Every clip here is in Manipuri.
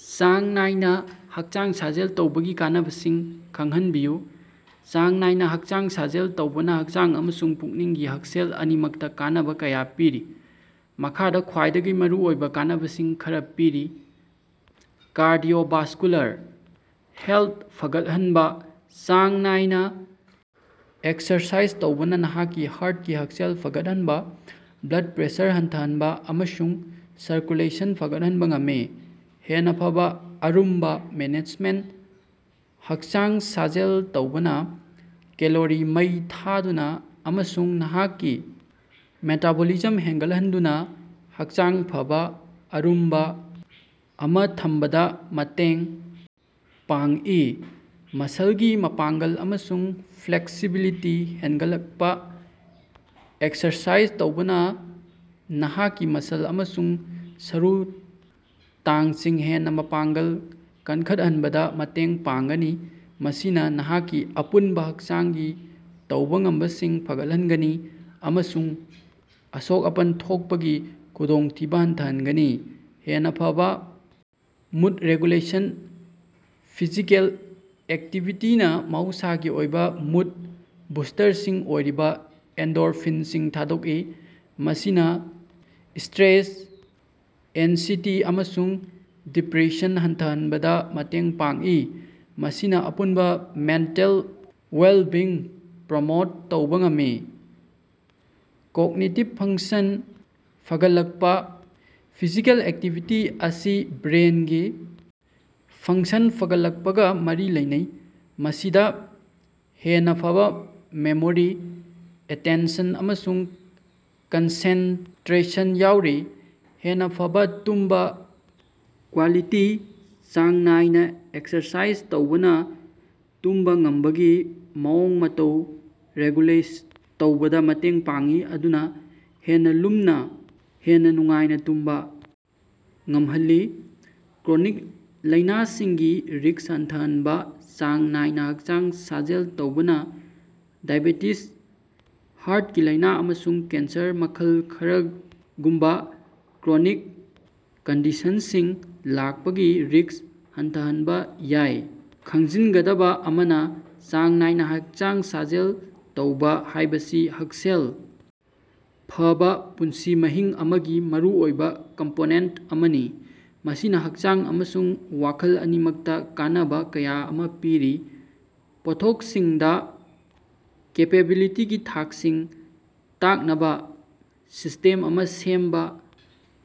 ꯆꯥꯡ ꯅꯥꯏꯅ ꯍꯛꯆꯥꯡ ꯁꯥꯖꯦꯜ ꯇꯧꯕꯒꯤ ꯀꯥꯟꯅꯕꯁꯤꯡ ꯈꯪꯍꯟꯕꯤꯌꯨ꯫ ꯆꯥꯡ ꯅꯥꯏꯅ ꯍꯛꯆꯥꯡ ꯁꯥꯖꯦꯜ ꯇꯧꯕꯅ ꯍꯛꯆꯥꯡ ꯑꯃꯁꯨꯡ ꯄꯨꯛꯅꯤꯡꯒꯤ ꯍꯛꯁꯦꯜ ꯑꯅꯤꯃꯛꯇ ꯀꯥꯟꯅꯕ ꯀꯌꯥ ꯄꯤꯔꯤ꯫ ꯃꯈꯥꯗ ꯈ꯭ꯋꯥꯏꯗꯒꯤ ꯃꯔꯨꯑꯣꯏꯕ ꯀꯥꯟꯅꯕꯁꯤꯡ ꯈꯔꯥ ꯄꯤꯔꯤ - ꯀꯥꯔꯗꯤꯑꯣꯚꯥꯁꯀꯨꯂꯥꯔ ꯍꯦꯜꯊ ꯐꯒꯠꯍꯟꯕ - ꯆꯥꯡ ꯅꯥꯏꯅ ꯑꯦꯛꯁꯔꯁꯥꯏꯖ ꯇꯧꯕꯅ ꯅꯍꯥꯛꯀꯤ ꯍꯥ꯭ꯔꯠꯀꯤ ꯍꯛꯁꯦꯜ ꯐꯒꯠꯍꯟꯕ, ꯕ꯭ꯂꯗ ꯄ꯭ꯔꯦꯁꯔ ꯍꯟꯊꯍꯟꯕ ꯑꯃꯁꯨꯡ ꯁꯔꯀ꯭ꯌꯨꯂꯦꯁꯟ ꯐꯒꯠꯍꯟꯕ ꯉꯝꯃꯤ꯫ ꯍꯦꯟꯅ‌ ꯐꯕꯥ ꯑꯔꯨꯝꯕ ꯃꯦꯅꯦꯖꯃꯦꯟꯇ -ꯍꯛꯆꯥꯡ ꯁꯥꯖꯦꯜ ꯇꯧꯕꯅꯥ ꯀꯦꯂꯣꯔꯤ ꯃꯩ ꯊꯥꯗꯨꯅ ꯑꯃꯁꯨꯡ ꯅꯍꯥꯛꯀꯤ ꯃꯦꯇꯥꯕꯣꯂꯤꯖꯝ ꯍꯦꯟꯒꯠꯍꯟꯗꯨꯅ‌ ꯍꯛꯆꯥꯡ ꯐꯕꯥ ꯑꯔꯨꯝꯕ ꯑꯃꯥ ꯊꯝꯕꯗ ꯃꯇꯦꯡ ꯄꯥꯡꯏ꯫ ꯃꯁꯜꯒꯤ ꯃꯄꯥꯡꯒꯜ ꯑꯃꯁꯨꯡ ꯐ꯭ꯂꯦꯛꯁꯤꯕꯤꯂꯤꯇꯤ ꯍꯦꯟꯒꯠꯂꯛꯄ - ꯑꯦꯛꯁꯔꯁꯥꯏꯖ ꯇꯧꯕꯅ ꯅꯍꯥꯛꯀꯤ ꯃꯁꯜ ꯑꯃꯁꯨꯡ ꯁꯔꯨ ꯇꯥꯡꯁꯤꯡ ꯍꯦꯟꯅ ꯃꯄꯥꯡꯒꯜ ꯀꯟꯈꯠꯍꯟꯕꯗ ꯃꯇꯦꯡ ꯄꯥꯡꯒꯅꯤ, ꯃꯁꯤꯅ ꯅꯍꯥꯛꯀꯤ ꯑꯄꯨꯟꯕ ꯍꯛꯆꯥꯡꯒꯤ ꯇꯧꯕ ꯉꯝꯕꯁꯤꯡ ꯐꯒꯠꯍꯟꯒꯅꯤ ꯑꯃꯁꯨꯡ ꯑꯁꯣꯛ-ꯑꯄꯟ ꯊꯣꯛꯄꯒꯤ ꯈꯨꯗꯣꯡꯊꯤꯕ ꯍꯟꯊꯍꯟꯒꯅꯤ꯫ ꯍꯦꯟꯅ ꯐꯕꯥ ꯃꯨꯗ ꯔꯦꯒꯨꯂꯦꯁꯟ -ꯐꯤꯖꯤꯀꯦꯜ ꯑꯦꯛꯇꯤꯚꯤꯇꯤꯅ ꯃꯍꯧꯁꯥꯒꯤ ꯑꯣꯏꯕ ꯃꯨꯗ-ꯕꯨꯁꯇ꯭ꯔꯁꯤꯡ ꯑꯣꯏꯔꯤꯕ ꯑꯦꯟꯗꯣꯔꯐꯤꯟꯁꯤꯡ ꯊꯥꯗꯣꯛꯏ꯫ ꯃꯁꯤꯅ ꯁ꯭ꯇꯔꯦꯁ, ꯑꯦꯟꯁꯤꯇꯤ ꯑꯃꯁꯨꯡ ꯗꯤꯄ꯭ꯔꯦꯁꯟ ꯍꯟꯊꯍꯟꯕꯗ ꯃꯇꯦꯡ ꯄꯥꯡꯏ, ꯃꯁꯤꯅ ꯑꯄꯨꯟꯕ ꯃꯦꯟꯇꯦꯜ ꯋꯦꯜꯕꯤꯡ ꯄ꯭ꯔꯣꯃꯣꯠ ꯇꯧꯕ ꯉꯝꯃꯤ꯫ ꯀꯣꯒꯅꯤꯇꯤꯕ ꯐꯪꯁꯟ ꯐꯒꯠꯂꯛꯄ - ꯐꯤꯖꯤꯀꯦꯜ ꯑꯦꯛꯇꯤꯚꯤꯇꯤ ꯑꯁꯤ ꯕ꯭ꯔꯦꯟꯒꯤ ꯐꯪꯁꯟ ꯐꯒꯠꯂꯛꯄꯒ ꯃꯔꯤ ꯂꯩꯅꯩ, ꯃꯁꯤꯗ ꯍꯦꯟꯅ ꯐꯕꯥ ꯃꯦꯃꯣꯔꯤ, ꯑꯦꯇꯦꯟꯁꯟ ꯑꯃꯁꯨꯡ ꯀꯟꯁꯦꯟꯇꯔꯦꯁꯟ ꯌꯥꯎꯔꯤ꯫ ꯍꯦꯟꯅ ꯐꯕꯥ ꯇꯨꯝꯕ ꯀ꯭ꯕꯥꯂꯤꯇꯤ -ꯆꯥꯡ ꯅꯥꯏꯅ ꯑꯦꯛꯁꯔꯁꯥꯏꯖ ꯇꯧꯕꯅ ꯇꯨꯝꯕ ꯉꯝꯕꯒꯤ ꯃꯑꯣꯡ-ꯃꯇꯧ ꯔꯤꯒꯨꯂꯦꯠ ꯇꯧꯕꯗ ꯃꯇꯦꯡ ꯄꯥꯡꯏ, ꯃꯗꯨꯅ ꯍꯦꯟꯅ ꯂꯨꯝꯅ, ꯍꯦꯟꯅ ꯅꯨꯡꯉꯥꯏꯅ ꯇꯨꯝꯕ ꯉꯝꯍꯜꯂꯤ꯫ ꯀ꯭ꯔꯣꯅꯤꯛ ꯂꯥꯏꯅꯥꯁꯤꯡꯒꯤ ꯔꯤꯁ꯭ꯛ ꯍꯟꯊꯍꯟꯕ - ꯆꯥꯡ ꯅꯥꯏꯅ ꯍꯛꯆꯥꯡ ꯁꯥꯖꯦꯜ ꯇꯧꯕꯅ ꯗꯥꯏꯕꯦꯇꯤꯁ, ꯍꯥꯔ꯭ꯠꯀꯤ ꯂꯥꯏꯅ, ꯑꯃꯁꯨꯡ ꯀꯦꯟꯁꯔ ꯃꯈꯜ ꯈꯔꯒꯨꯝꯕ ꯀ꯭ꯔꯣꯅꯤꯛ ꯀꯟꯗꯤꯁꯟꯁꯤꯡ ꯂꯥꯛꯄꯒꯤ ꯔꯤꯁ꯭ꯛ ꯍꯟꯊꯍꯟꯕ ꯌꯥꯏ꯫ ꯈꯪꯖꯤꯟꯒꯗꯕ ꯑꯃꯅ, ꯆꯥꯡ ꯅꯥꯏꯅ ꯍꯛꯆꯥꯡ ꯁꯥꯖꯦꯜ ꯇꯧꯕ ꯍꯥꯏꯕꯁꯤ ꯍꯛꯁꯦꯜ ꯐꯕꯥ ꯄꯨꯟꯁꯤ ꯃꯍꯤꯡ ꯑꯃꯒꯤ ꯃꯔꯨꯑꯣꯏꯕ ꯀꯝꯄꯣꯅꯦꯟꯇ ꯑꯃꯅꯤ, ꯃꯁꯤꯅ ꯍꯛꯆꯥꯡ ꯑꯃꯁꯨꯡ ꯋꯥꯈꯜ ꯑꯅꯤꯃꯛꯇ ꯀꯥꯟꯅꯕ ꯀꯌꯥ ꯑꯃ ꯄꯤꯔꯤ꯫ ꯄꯣꯠꯊꯣꯛꯁꯤꯡꯗ ꯀꯦꯄꯥꯕꯤꯂꯤꯇꯤꯒꯤ ꯊꯥꯛꯁꯤꯡ ꯇꯥꯛꯅꯕ ꯁꯤꯁꯇꯦꯝ ꯑꯃ ꯁꯦꯝꯕ꯫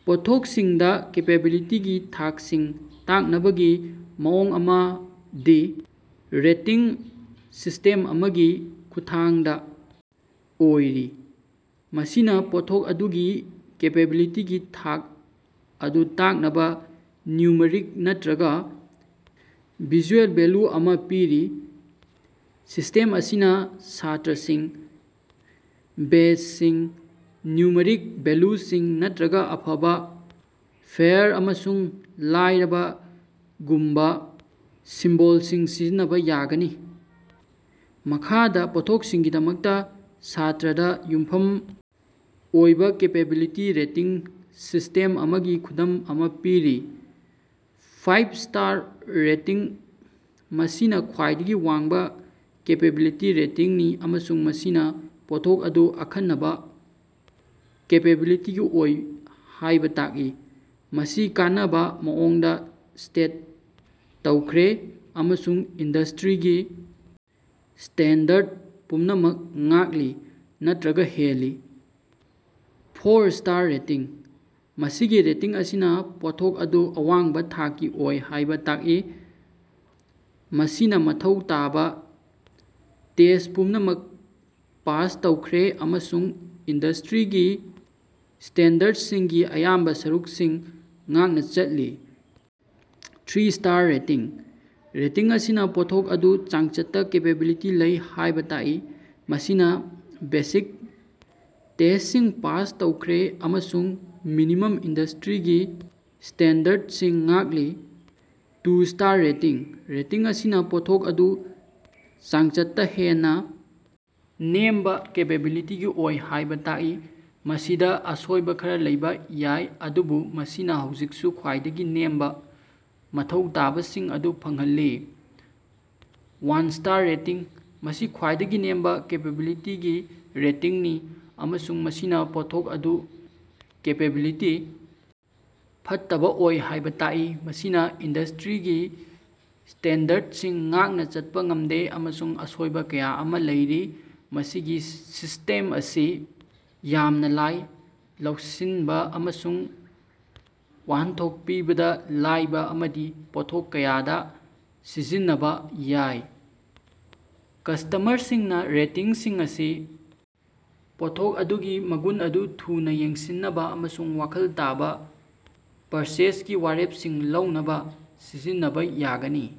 ꯄꯣꯠꯊꯣꯛꯁꯤꯡꯗ ꯀꯦꯄꯥꯕꯤꯂꯤꯇꯤꯒꯤ ꯊꯥꯛꯁꯤꯡ ꯇꯥꯛꯅꯕꯒꯤ ꯃꯑꯣꯡ ꯑꯃꯗꯤ ꯔꯦꯇꯤꯡ ꯁꯤꯁ꯭ꯇꯦꯝ ꯑꯃꯒꯤ ꯈꯨꯠꯊꯥꯡꯗ ꯑꯣꯏꯔꯤ, ꯃꯁꯤꯅ ꯄꯣꯠꯊꯣꯛ ꯑꯗꯨꯒꯤ ꯀꯦꯄꯥꯕꯤꯂꯤꯇꯤꯒꯤ ꯊꯥꯛ ꯑꯗꯨ ꯇꯥꯛꯅꯕ ꯅ꯭ꯌꯨꯃꯔꯤꯛ ꯅꯠꯇꯔꯒ ꯚꯤꯖꯨꯑꯦꯜ ꯚꯦꯂ꯭ꯌꯨ ꯑꯃ ꯄꯤꯔꯤ꯫ ꯁꯤꯁ꯭ꯇꯦꯝ ꯑꯁꯤꯅ ꯁ꯭ꯇꯥꯔꯁꯤꯡ, ꯕꯦꯖꯁꯤꯡ, ꯅ꯭ꯌꯨꯃꯔꯤꯛ ꯚꯦꯂ꯭ꯌꯨꯁꯤꯡ ꯅꯠꯇꯔꯒ ꯑꯐꯕꯥ, ꯐꯦꯌꯥꯔ ꯑꯃꯁꯨꯡ ꯂꯥꯏꯔꯕ ꯒꯨꯝꯕ ꯁꯤꯝꯕꯣꯜꯁꯤꯡ ꯁꯤꯖꯤꯟꯅꯕ ꯌꯥꯒꯅꯤ꯫ ꯃꯈꯥꯗ ꯄꯣꯠꯊꯣꯛꯁꯤꯡꯒꯤꯗꯃꯛꯇ ꯁ꯭ꯇꯥꯔꯗ ꯌꯨꯝꯐꯝ ꯑꯣꯏꯕ ꯀꯦꯄꯥꯕꯤꯂꯤꯇꯤ ꯔꯦꯇꯤꯡ ꯁꯤꯁ꯭ꯇꯦꯝ ꯑꯃꯒꯤ ꯈꯨꯗꯝ ꯑꯃ ꯄꯤꯔꯤ - ꯐꯥꯚꯏ ꯁ꯭ꯇꯥꯔ ꯔꯦꯇꯤꯡ -ꯃꯁꯤꯅ ꯈ꯭ꯋꯥꯏꯗꯒꯤ ꯋꯥꯡꯕ ꯀꯦꯄꯥꯕꯤꯂꯤꯇꯤ ꯔꯦꯇꯤꯡꯅꯤ ꯑꯃꯁꯨꯡ ꯃꯁꯤꯅ ꯄꯣꯠꯊꯣꯛ ꯑꯗꯨ ꯑꯈꯟꯅꯕ ꯀꯦꯄꯥꯕꯤꯂꯤꯇꯤꯒꯤ ꯑꯣꯏ ꯍꯥꯏꯕ ꯇꯥꯛꯏ꯫ ꯃꯁꯤ ꯑꯀꯟꯕ ꯃꯑꯣꯡꯗ ꯇꯦꯁ꯭ꯠ ꯇꯧꯈ꯭ꯔꯦ ꯑꯃꯁꯨꯡ ꯏꯟꯗꯁꯇ꯭ꯔꯤꯒꯤ ꯁ꯭ꯇꯦꯟꯗꯔꯗ ꯄꯨꯝꯅꯃꯛ ꯉꯥꯛꯂꯤ ꯅꯠꯇꯔꯒ ꯍꯦꯜꯂꯤ꯫ ꯐꯣꯔ ꯁ꯭ꯇꯥꯔ ꯔꯦꯇꯤꯡ - ꯃꯁꯤꯒꯤ ꯔꯦꯇꯤꯡ ꯑꯁꯤꯅ ꯄꯣꯠꯊꯣꯛ ꯑꯗꯨ ꯑꯋꯥꯡꯕ ꯊꯥꯛꯀꯤ ꯑꯣꯏ ꯍꯥꯏꯕ ꯇꯥꯛꯏ꯫ ꯃꯁꯤꯅ ꯃꯊꯧ ꯇꯥꯕ ꯇꯦꯁ꯭ꯠ ꯄꯨꯝꯅꯃꯛ ꯄꯥꯁ ꯇꯧꯈ꯭ꯔꯦ ꯑꯃꯁꯨꯡ ꯏꯟꯗꯁꯇ꯭ꯔꯤꯒꯤ ꯁ꯭ꯇꯦꯟꯗꯔꯗꯁꯤꯡꯒꯤ ꯑꯌꯥꯝꯕ ꯁꯔꯨꯛꯁꯤꯡ ꯉꯥꯛꯅ ꯆꯠꯂꯤ꯫ ꯊ꯭ꯔꯤ ꯁ꯭ꯇꯥꯔ ꯔꯦꯇꯤꯡ - ꯔꯦꯇꯤꯡ ꯑꯁꯤꯅ ꯄꯣꯠꯊꯣꯛ ꯑꯗꯨ ꯆꯥꯡꯆꯠꯇ ꯀꯦꯄꯥꯕꯤꯂꯤꯇꯤ ꯂꯩ ꯍꯥꯏꯕ ꯇꯥꯛꯏ꯫ ꯃꯁꯤꯅ ꯕꯦꯁꯤꯛ ꯇꯦꯁ꯭ꯇꯁꯤꯡ ꯄꯥꯁ ꯇꯧꯈ꯭ꯔꯦ ꯑꯃꯁꯨꯡ ꯃꯤꯅꯤꯃꯝ ꯏꯟꯗꯁꯇ꯭ꯔꯤꯒꯤ ꯁ꯭ꯇꯦꯟꯗꯔꯗꯁꯤꯡ ꯉꯥꯛꯂꯤ꯫ ꯇꯨ ꯁ꯭ꯇꯥꯔ ꯔꯦꯇꯤꯡ - ꯔꯦꯇꯤꯡ ꯑꯁꯤꯅ ꯄꯣꯠꯊꯣꯛ ꯑꯗꯨ ꯆꯥꯡꯆꯠꯇ ꯍꯦꯟꯅ ꯅꯦꯝꯕ ꯀꯦꯄꯥꯕꯤꯂꯤꯇꯤꯒꯤ ꯑꯣꯏ ꯍꯥꯏꯕ ꯇꯥꯛꯏ꯫ ꯃꯁꯤꯗ ꯑꯁꯣꯏꯕ ꯈꯔ ꯂꯩꯕ ꯌꯥꯏ, ꯑꯗꯨꯕꯨ ꯃꯁꯤꯅ ꯍꯧꯖꯤꯛꯁꯨ ꯈ꯭ꯋꯥꯏꯗꯒꯤ ꯅꯦꯝꯕ ꯃꯊꯧ ꯇꯥꯕꯁꯤꯡ ꯑꯗꯨ ꯐꯪꯍꯜꯂꯤ꯫ ꯋꯥꯟ ꯁ꯭ꯇꯥꯔ ꯔꯦꯇꯤꯡ - ꯃꯁꯤ ꯈ꯭ꯋꯥꯏꯗꯒꯤ ꯅꯦꯝꯕ ꯀꯦꯄꯥꯕꯤꯂꯤꯇꯤꯒꯤ ꯔꯦꯇꯤꯡꯅꯤ ꯑꯃꯁꯨꯡ ꯃꯁꯤꯅ ꯄꯣꯠꯊꯣꯛ ꯑꯗꯨ ꯀꯦꯄꯦꯕꯤꯂꯤꯇꯤ ꯐꯠꯇꯕ ꯑꯣꯏ ꯍꯥꯏꯕ ꯇꯥꯛꯏ꯫ ꯃꯁꯤꯅ ꯏꯟꯗꯁꯇ꯭ꯔꯤꯒꯤ ꯁ꯭ꯇꯦꯟꯗꯔꯗꯁꯤꯡ ꯉꯥꯛꯅ ꯆꯠꯄ ꯉꯝꯗꯦ ꯑꯃꯁꯨꯡ ꯑꯁꯣꯏꯕ ꯀꯌꯥ ꯑꯃ ꯂꯩꯔꯤ꯫ ꯃꯁꯤꯒꯤ ꯁꯤꯁ꯭ꯇꯦꯝ ꯑꯁꯤ ꯌꯥꯝꯅ ꯂꯥꯏ, ꯂꯧꯁꯤꯟꯕ ꯑꯃꯁꯨꯡ ꯋꯥꯍꯟꯊꯣꯛ ꯄꯤꯕꯗ ꯂꯥꯏꯕ ꯑꯃꯗꯤ ꯄꯣꯠꯊꯣꯛ ꯀꯌꯥꯗ ꯁꯤꯖꯤꯟꯅꯕ ꯌꯥꯏ꯫ ꯀꯁ꯭ꯇꯃꯔꯁꯤꯡꯅ ꯔꯦꯇꯤꯡꯁꯤꯡ ꯑꯁꯤ ꯄꯣꯠꯊꯣꯛ ꯑꯗꯨꯒꯤ ꯃꯒꯨꯟ ꯑꯗꯨ ꯊꯨꯅ ꯌꯦꯡꯁꯤꯟꯅꯕ ꯑꯃꯁꯨꯡ ꯋꯥꯈꯜ ꯇꯥꯕ ꯄꯔꯆꯦꯖꯒꯤ ꯋꯥꯔꯦꯞꯁꯤꯡ ꯂꯧꯅꯕ ꯁꯤꯖꯤꯟꯅꯕ ꯌꯥꯒꯅꯤ꯫